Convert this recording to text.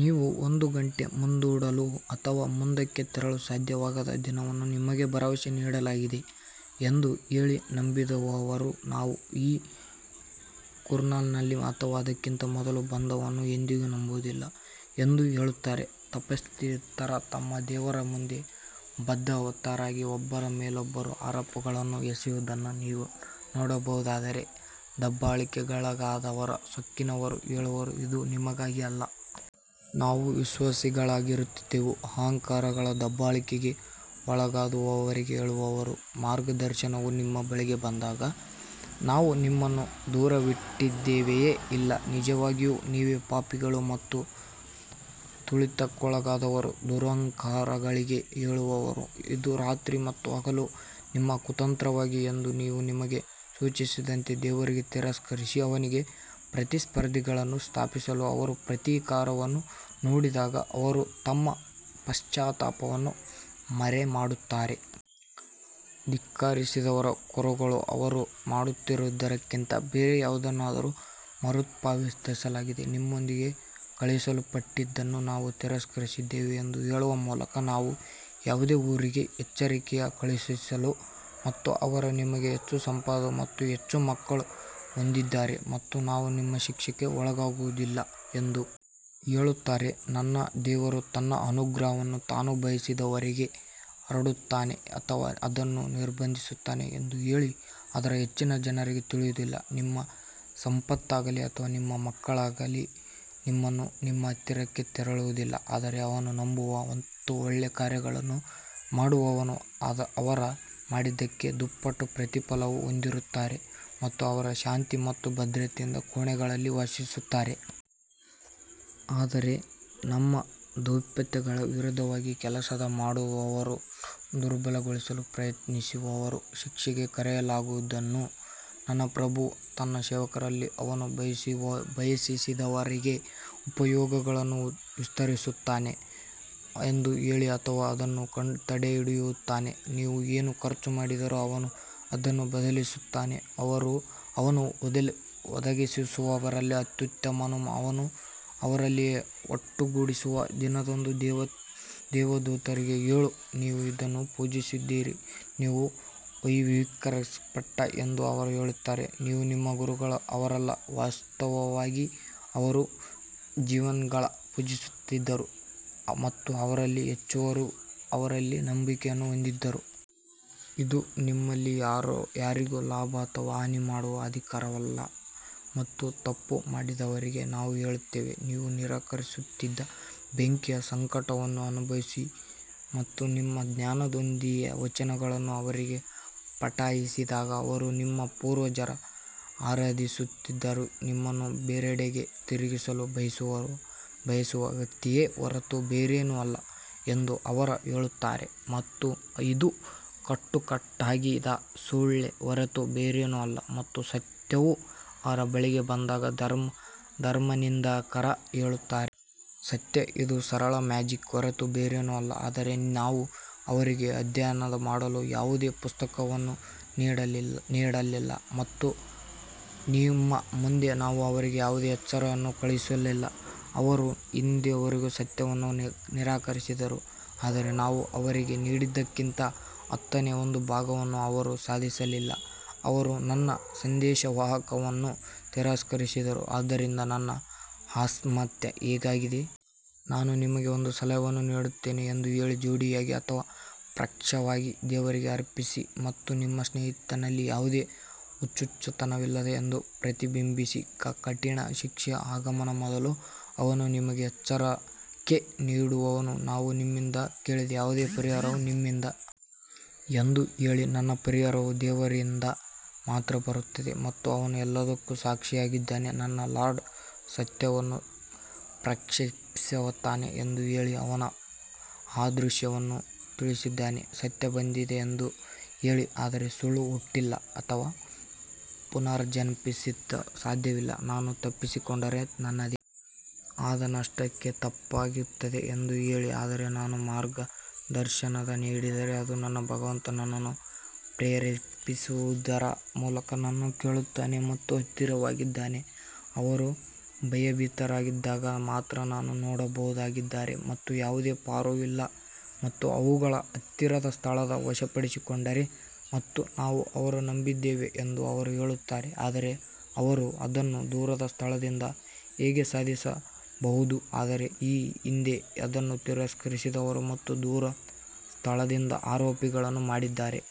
ನೀವು ಒಂದು ಗಂಟೆ ಮುಂದೂಡಲು ಅಥವಾ ಮುಂದಕ್ಕೆ ತರಲು ಸಾಧ್ಯವಾಗದ ದಿನವನ್ನು ನಿಮಗೆ ಭರವಸೆ ನೀಡಲಾಗಿದೆ ಎಂದು ಹೇಳಿ ನಂಬದಿರುವವರು ನಾವು ಈ ಕುರಾನ್ನಲ್ಲಿ ಅಥವಾ ಇದಕ್ಕಿಂತ ಮೊದಲು ಬಂದದ್ದನ್ನು ಎಂದಿಗೂ ನಂಬುವುದಿಲ್ಲ ಎಂದು ಹೇಳುತ್ತಾರೆ, ತಪ್ಪಿತಸ್ಥರು ತಮ್ಮ ದೇವರ ಮುಂದೆ ಬಂಧಿತರಾಗಿ ಒಬ್ಬರ ಮೇಲೊಬ್ಬರು ಆರೋಪಗಳನ್ನು ಎಸೆಯುವುದನ್ನು ನೀವು ನೋಡಬಹುದಾದರೆ, ದಬ್ಬಾಳಿಕೆಗೊಳಗಾದವರು ಸೊಕ್ಕಿನವರಿಗೆ ಹೇಳುವರು ಇದು ನಿಮಗಾಗಿ ಅಲ್ಲ. ನಾವು ವಿಶ್ವಾಸಿಗಳಾಗಿರುತ್ತಿದ್ದೆವು ಅಹಂಕಾರಿಗಳು ದಬ್ಬಾಳಿಕೆಗೆ ಒಳಗಾದವರಿಗೆ ಹೇಳುವರು, ಮಾರ್ಗದರ್ಶನವು ನಿಮ್ಮ ಬಳಿಗೆ ಬಂದಾಗ ನಾವು ನಿಮ್ಮನ್ನು ದೂರವಿಟ್ಟಿದ್ದೇವೆಯೇ ಇಲ್ಲ ನಿಜವಾಗಿಯೂ ನೀವೇ ಪಾಪಿಗಳು ಮತ್ತು ತುಳಿತಕ್ಕೊಳಗಾದವರು ದುರಹಂಕಾರಿಗಳಿಗೆ ಹೇಳುವರು, ಇದು ರಾತ್ರಿ ಮತ್ತು ಹಗಲು ನಿಮ್ಮ ಕುತಂತ್ರವಾಗಿದೆ ಎಂದು ನೀವು ನಮಗೆ ಸೂಚಿಸಿದಂತೆ ದೇವರನ್ನು ತಿರಸ್ಕರಿಸಿ ಅವನಿಗೆ ಪ್ರತಿಸ್ಪರ್ಧಿಗಳನ್ನು ಸ್ಥಾಪಿಸಲು ಅವರು ಪ್ರತೀಕಾರವನ್ನು ನೋಡಿದಾಗ ಅವರು ತಮ್ಮ ಪಶ್ಚಾತ್ತಾಪವನ್ನು ಮರೆಮಾಡುತ್ತಾರೆ. ಧಿಕ್ಕರಿಸಿದವರ ಕೊರಳುಗಳು ಅವರು ಮಾಡುತ್ತಿದ್ದುದಕ್ಕಿಂತ ಬೇರೆ ಯಾವುದನ್ನಾದರೂ ಮರುಪಾವತಿಸಲಾಗುವುದು ನಿಮ್ಮೊಂದಿಗೆ ಕಳುಹಿಸಲ್ಪಟ್ಟಿದ್ದನ್ನು ನಾವು ತಿರಸ್ಕರಿಸುತ್ತೇವೆ ಎಂದು ಹೇಳುವ ಮೂಲಕ ನಾವು ಯಾವುದೇ ಊರಿಗೆ ಎಚ್ಚರಿಕೆಯನ್ನು ಕಳುಹಿಸಲಿಲ್ಲ ಮತ್ತು ಅವರು ನಮಗೆ ಹೆಚ್ಚು ಸಂಪತ್ತು ಮತ್ತು ಹೆಚ್ಚು ಮಕ್ಕಳನ್ನು ಹೊಂದಿದ್ದಾರೆ ಮತ್ತು ನಾವು ಶಿಕ್ಷೆಗೆ ಒಳಗಾಗುವುದಿಲ್ಲ ಎಂದು ಹೇಳುತ್ತಾರೆ ನನ್ನ ದೇವರು ತನ್ನ ಅನುಗ್ರಹವನ್ನು ತಾನು ಬಯಸಿದವರಿಗೆ ಹರಡುತ್ತಾನೆ ಅಥವಾ ಅದನ್ನು ನಿರ್ಬಂಧಿಸುತ್ತಾನೆ ಎಂದು ಹೇಳಿ ಆದರೆ ಹೆಚ್ಚಿನ ಜನರಿಗೆ ತಿಳಿದಿಲ್ಲ ನಿಮ್ಮ ಸಂಪತ್ತಾಗಲಿ ಅಥವಾ ನಿಮ್ಮ ಮಕ್ಕಳಾಗಲಿ ನಿಮ್ಮನ್ನು ನಮ್ಮ ಹತ್ತಿರಕ್ಕೆ ತರುವುದಿಲ್ಲ ಆದರೆ ಅವನು ನಂಬುವ ಮತ್ತು ಒಳ್ಳೆಯ ಕಾರ್ಯಗಳನ್ನು ಮಾಡುವವನು ಅವರು ಮಾಡಿದ್ದಕ್ಕೆ ದುಪ್ಪಟ್ಟು ಪ್ರತಿಫಲವನ್ನು ಹೊಂದಿರುತ್ತಾರೆ ಮತ್ತು ಅವರು ಶಾಂತಿ ಮತ್ತು ಭದ್ರತೆಯಿಂದ ಕೋಣೆಗಳಲ್ಲಿ ವಾಸಿಸುತ್ತಾರೆ. ಆದರೆ ನಮ್ಮ ದ್ಯೋತಕಗಳಿಗೆ ವಿರುದ್ಧವಾಗಿ ಕೆಲಸ ಮಾಡುವವರನ್ನು ದುರ್ಬಲಗೊಳಿಸಲು ಪ್ರಯತ್ನಿಸುವವರನ್ನು ಶಿಕ್ಷೆಗೆ ಕರೆಯಲಾಗುವುದು ನನ್ನ ಪ್ರಭುವು ತನ್ನ ಸೇವಕರಲ್ಲಿ ಅವನು ಬಯಸಿದವರಿಗೆ ಉಪಭೋಗವನ್ನು ವಿಸ್ತರಿಸುತ್ತಾನೆ ಎಂದು ಹೇಳಿ ಅಥವಾ ಅದನ್ನು ತಡೆಹಿಡಿಯುತ್ತಾನೆ ನೀವು ಏನು ಖರ್ಚು ಮಾಡಿದರೂ ಅವನು ಅದನ್ನು ಬದಲಾಯಿಸುತ್ತಾನೆ ಅವನು ಒದಗಿಸುವವರಲ್ಲಿ ಅತ್ಯುತ್ತಮನು ಅವನು ಅವರೆಲ್ಲರನ್ನೂ ಒಟ್ಟುಗೂಡಿಸುವ ದಿನದಂದು ದೇವದೂತರಿಗೆ ಹೇಳು, ನೀವು ಇದನ್ನು ಪೂಜಿಸುತ್ತಿದ್ದರು ನೀವು ವೈಭವೀಕರಿಸಲ್ಪಟ್ಟಿದ್ದೀರಿ ಎಂದು ಅವರು ಹೇಳುತ್ತಾರೆ, ನೀವು ನಮ್ಮ ಗುರುಗಳು ಅವರಲ್ಲ, ವಾಸ್ತವವಾಗಿ ಅವರು ಜಿನ್ಗಳನ್ನು ಪೂಜಿಸುತ್ತಿದ್ದರು ಮತ್ತು ಅವರಲ್ಲಿ ಹೆಚ್ಚಿನವರು ಅವರಲ್ಲಿ ನಂಬಿಕೆಯನ್ನು ಹೊಂದಿದ್ದರು. ಇಂದು ನಿಮ್ಮಲ್ಲಿ ಯಾರಿಗೂ ಲಾಭ ಅಥವಾ ಹಾನಿ ಮಾಡುವ ಅಧಿಕಾರವಿಲ್ಲ ಮತ್ತು ತಪ್ಪು ಮಾಡಿದವರಿಗೆ ನಾವು ಹೇಳುತ್ತೇವೆ, ನೀವು ನಿರಾಕರಿಸುತ್ತಿದ್ದ ಬೆಂಕಿಯ ಸಂಕಟವನ್ನು ಅನುಭವಿಸಿ ಮತ್ತು ನಮ್ಮ ಜ್ಞಾನೋದಯ ವಚನಗಳನ್ನು ಅವರಿಗೆ ಪಠಿಸಿದಾಗ ಅವರು ನಿಮ್ಮ ಪೂರ್ವಜರು ಆರಾಧಿಸುತ್ತಿದ್ದರಿಂದ ನಿಮ್ಮನ್ನು ಬೇರೆಡೆಗೆ ತಿರುಗಿಸಲು ಬಯಸುವ ವ್ಯಕ್ತಿಯೇ ಹೊರತು ಬೇರೇನೂ ಅಲ್ಲ ಎಂದು ಅವರು ಹೇಳುತ್ತಾರೆ ಮತ್ತು ಇದು ಕಟ್ಟುಕಟ್ಟಾದ ಸುಳ್ಳೇ ಹೊರತು ಬೇರೇನೂ ಅಲ್ಲ ಮತ್ತು ಸತ್ಯವು ಅವರ ಬಳಿಗೆ ಬಂದಾಗ ಧರ್ಮನಿಂದಕರು ಹೇಳುತ್ತಾರೆ. ಸತ್ಯ ಇದು ಸರಳ ಮ್ಯಾಜಿಕ್ ಹೊರತು ಬೇರೇನೂ ಅಲ್ಲ ಆದರೆ ನಾವು ಅವರಿಗೆ ಅಧ್ಯಯನ ಮಾಡಲು ಯಾವುದೇ ಪುಸ್ತಕವನ್ನು ನೀಡಲಿಲ್ಲ ಮತ್ತು ನಿಮ್ಮ ಮುಂದೆ ನಾವು ಅವರಿಗೆ ಯಾವುದೇ ಎಚ್ಚರಿಕೆಯನ್ನು ಕಳುಹಿಸಲಿಲ್ಲ ಅವರ ಹಿಂದಿನವರೂ ಸತ್ಯವನ್ನು ನಿರಾಕರಿಸಿದರು, ಆದರೆ ನಾವು ಅವರಿಗೆ ನೀಡಿದ್ದಕ್ಕಿಂತ ಹತ್ತನೇ ಒಂದು ಭಾಗವನ್ನು ಅವರು ಸಾಧಿಸಲಿಲ್ಲ, ಅವರು ನನ್ನ ಸಂದೇಶವಾಹಕರನ್ನು ತಿರಸ್ಕರಿಸಿದರು, ಆದ್ದರಿಂದ ನನ್ನ ಅಸಮ್ಮತಿ ಹೇಗಾಯಿತು? ನಾನು ನಿಮಗೆ ಒಂದೇ ಸಲಹೆಯನ್ನು ನೀಡುತ್ತೇನೆ ಎಂದು ಹೇಳಿ, ಜೋಡಿಯಾಗಿ ಅಥವಾ ಪ್ರತ್ಯೇಕವಾಗಿ ದೇವರಿಗೆ ಅರ್ಪಿಸಿ ಮತ್ತು ನಿಮ್ಮ ಸ್ನೇಹಿತನಲ್ಲಿ ಯಾವುದೇ ಹುಚ್ಚುತನವಿಲ್ಲ ಎಂದು ಪ್ರತಿಬಿಂಬಿಸಿ ಕಠಿಣ ಶಿಕ್ಷೆಯ ಆಗಮನದ ಮೊದಲು ಅವನು ನಿಮಗೆ ಎಚ್ಚರಿಕೆ ನೀಡುವವನು ನಾನು ನಿಮ್ಮಿಂದ ಕೇಳಿದ ಯಾವುದೇ ಪರಿಹಾರವು ನಿಮ್ಮದು ಎಂದು ಹೇಳಿ ನನ್ನ ಪರಿಹಾರವು ದೇವರಿಂದ ಮಾತ್ರ ಬರುತ್ತದೆ ಮತ್ತು ಅವನು ಎಲ್ಲದಕ್ಕೂ ಸಾಕ್ಷಿಯಾಗಿದ್ದಾನೆ ನನ್ನ ಲಾರ್ಡ್ ಸತ್ಯವನ್ನು ಪ್ರಕ್ಷೇಪಿಸುತ್ತಾನೆ ಎಂದು ಹೇಳಿ, ಅವನು ಅದೃಶ್ಯವನ್ನು ತಿಳಿದಿದ್ದಾನೆ ಸತ್ಯ ಬಂದಿದೆ ಎಂದು ಹೇಳಿ, ಆದರೆ ಸುಳ್ಳು ಹುಟ್ಟಲು ಅಥವಾ ಪುನರುತ್ಪಾದಿಸಲು ಸಾಧ್ಯವಿಲ್ಲ ನಾನು ತಪ್ಪಿಸಿಕೊಂಡರೆ ನನ್ನದೇ ಆದ ನಷ್ಟಕ್ಕೆ ತಪ್ಪಾಗುತ್ತದೆ ಎಂದು ಹೇಳಿ ಆದರೆ ನಾನು ಮಾರ್ಗದರ್ಶನ ನೀಡಿದರೆ ಅದು ನನ್ನ ಭಗವಂತ ನನ್ನನ್ನು ಪ್ರೇರೇಪಿಸುವುದರ ಮೂಲಕ ಅವನು ಕೇಳುತ್ತಾನೆ ಮತ್ತು ಹತ್ತಿರವಾಗಿದ್ದಾನೆ ಅವರು ಭಯಭೀತರಾದಾಗ ಮಾತ್ರ ನೀವು ನೋಡಬಹುದಾದರೆ ಮತ್ತು ಯಾವುದೇ ಪಾರು ಇಲ್ಲ ಮತ್ತು ಅವುಗಳನ್ನು ಹತ್ತಿರದ ಸ್ಥಳದಿಂದ ವಶಪಡಿಸಿಕೊಂಡರೆ ಮತ್ತು ನಾವು ಅದನ್ನು ನಂಬಿದ್ದೇವೆ ಎಂದು ಅವರು ಹೇಳುತ್ತಾರೆ ಆದರೆ ಅವರು ಅದನ್ನು ದೂರದ ಸ್ಥಳದಿಂದ ಹೇಗೆ ಸಾಧಿಸಬಹುದು ಅವರು ಈ ಹಿಂದೆ ಅದನ್ನು ತಿರಸ್ಕರಿಸಿದರು ಮತ್ತು ದೂರದ ಸ್ಥಳದಿಂದ ಆರೋಪಗಳನ್ನು ಮಾಡಿದ್ದಾರೆ.